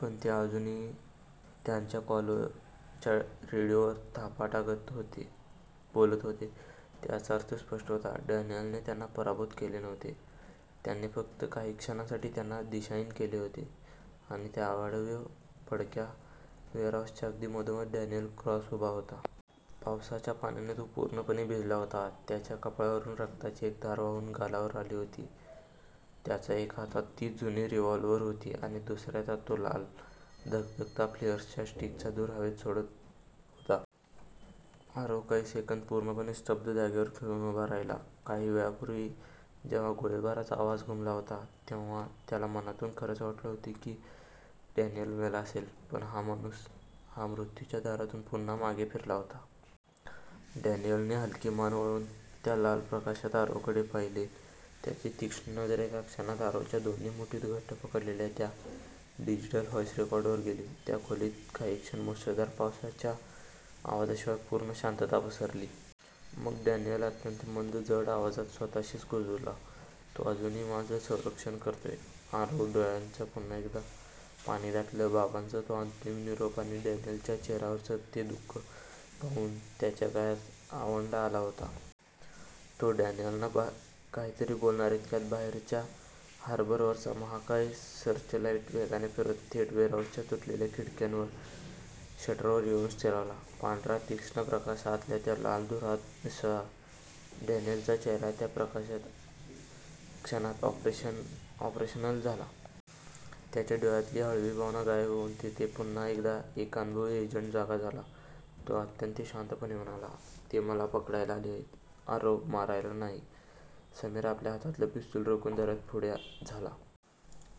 पण ते अजूनही त्यांच्या कॉलरच्या रेडिओवर धापा टाकत बोलत होते. याचा अर्थ स्पष्ट होता: डॅनियलने त्यांना पराभूत केले नव्हते. त्याने फक्त काही क्षणांसाठी त्यांना दिशाहीन केले होते. आणि त्या अवाढव्य, पडक्या वेअरहाऊसच्या अगदी मधोमध, डॅनियल क्रॉस उभा होता. पावसाच्या पाण्याने तो पूर्णपणे भिजला होता. त्याच्या कपाळावरून रक्ताची एक धार वाहून गालावर आली होती. त्याच्या एका हातात तीच जुनी रिव्हॉल्वर होती. आणि दुसऱ्या हातातून तो लाल, धगधगता फ्लेअर स्टिकचा धूर हवेत सोडत होता. आरव काही सेकंद पूर्णपणे स्तब्ध, जागेवर खिळून उभा राहिला. काही वेळापूर्वी जेव्हा गोळीबाराचा आवाज घुमला होता, तेव्हा त्याला मनातून खरंच वाटलं होतं की डॅनियल मेला असेल. पण हा माणूस... हा मृत्यूच्या दारातून पुन्हा मागे फिरला होता. डॅनियलने हलकी मान वळवून त्या लाल प्रकाशात आरवकडे पाहिले. त्याची तीक्ष्ण नजर एका क्षणात आरवच्या दोन्ही मुठींत घट्ट पकडलेल्या त्या डिजिटल व्हाईस रेकॉर्डरवर गेली. त्या खोलीत काही क्षण मुसळधार पावसाच्या आवाजाशिवाय पूर्ण शांतता पसरली. मग... डॅनियल अत्यंत मंद, जड आवाजात स्वतःशीच कुजबुजला, "तो अजूनही, माझं संरक्षण करतोय. " आरवच्या डोळ्यांत पुन्हा एकदा पाणी दाटलं. बाबांचा तो अंतिम निरोप आणि डॅनियलच्या चेहऱ्यावरचं ते दुःख पाहून त्याच्या गळ्यात आवंढा आला होता. तो डॅनियलला काहीतरी बोलणार, इतक्यात बाहेर हार्बरवरच्या महाकाय सर्चलाईट्स वेगाने फिरत थेट वेअरहाऊसच्या तुटलेल्या खिडक्यांवर आणि शटरवर येऊन स्थिरावल्या. पांढरा तीक्ष्ण प्रकाश आतल्या लाल धुरात मिसळला. डॅनियलचा चेहरा त्या प्रकाशात क्षणात 'ऑपरेशनल' झाला. त्याच्या डोळ्यांतली हळवी भावना गायब होऊन तिथे पुन्हा एकदा एक अनुभवी एजंट जागा झाला. तो अत्यंत शांतपणे म्हणाला, "ते मला पकडायला आले आहेत, आरव, मारायला नाही. " समीर आपल्या हातातलं पिस्तूल रोखून धरत पुढे झाला.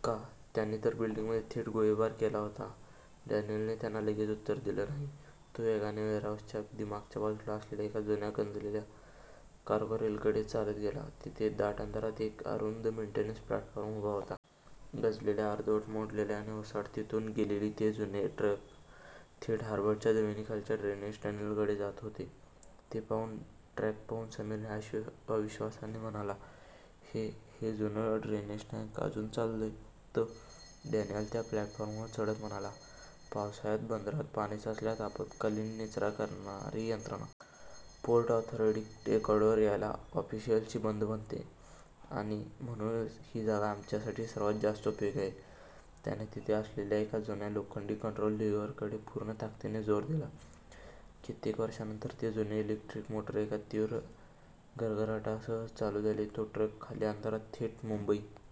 "का? त्यांनी तर बिल्डिंगमध्ये थेट गोळीबार केला होता! " डॅनियलने त्याला लगेच उत्तर दिलं नाही. तो वेगाने वेअरहाऊसच्या अगदी मागच्या बाजूला असलेल्या एका जुन्या, गंजलेल्या 'कार्गो रेल' कडे चालत गेला. तिथे दाट अंधारात एक अरुंद मेंटेनन्स प्लॅटफॉर्म उभा होता. गंजलेला, अर्धवट मोडलेला आणि ओसाड. तिथून गेलेले ते जुने ट्रॅक थेट हार्बरच्या जमिनीखालच्या ड्रेनेज टनेलकडे जात होते. ते ट्रॅक पाहून समीर अविश्वासाने म्हणाला, "हे... हे जुनं ड्रेनेज ट्रॅक अजून चालतं? " डॅनियल त्या प्लॅटफॉर्मवर चढत म्हणाला, " पावसाळ्यात बंदरात पाणी साचल्यास आपत्कालीन निचरा करणारी यंत्रणा. पोर्ट ऑथॉरिटी रेकॉर्डवर याला ऑफिशियली बंद म्हणते, आणि म्हणूनच ही जागा आमच्यासाठी सर्वात जास्त उपयोगी आहे. " त्याने तिथे असलेल्या एका जुन्या, लोखंडी कंट्रोल लिव्हरवर पूर्ण ताकदीने जोर दिला. कित्येक वर्षांनंतर ते जुने इलेक्ट्रिक मोटर एका तीव्र घरघराटासह सुरू झाले. तो ट्रॅक खाली अंधारात, थेट मुंबई--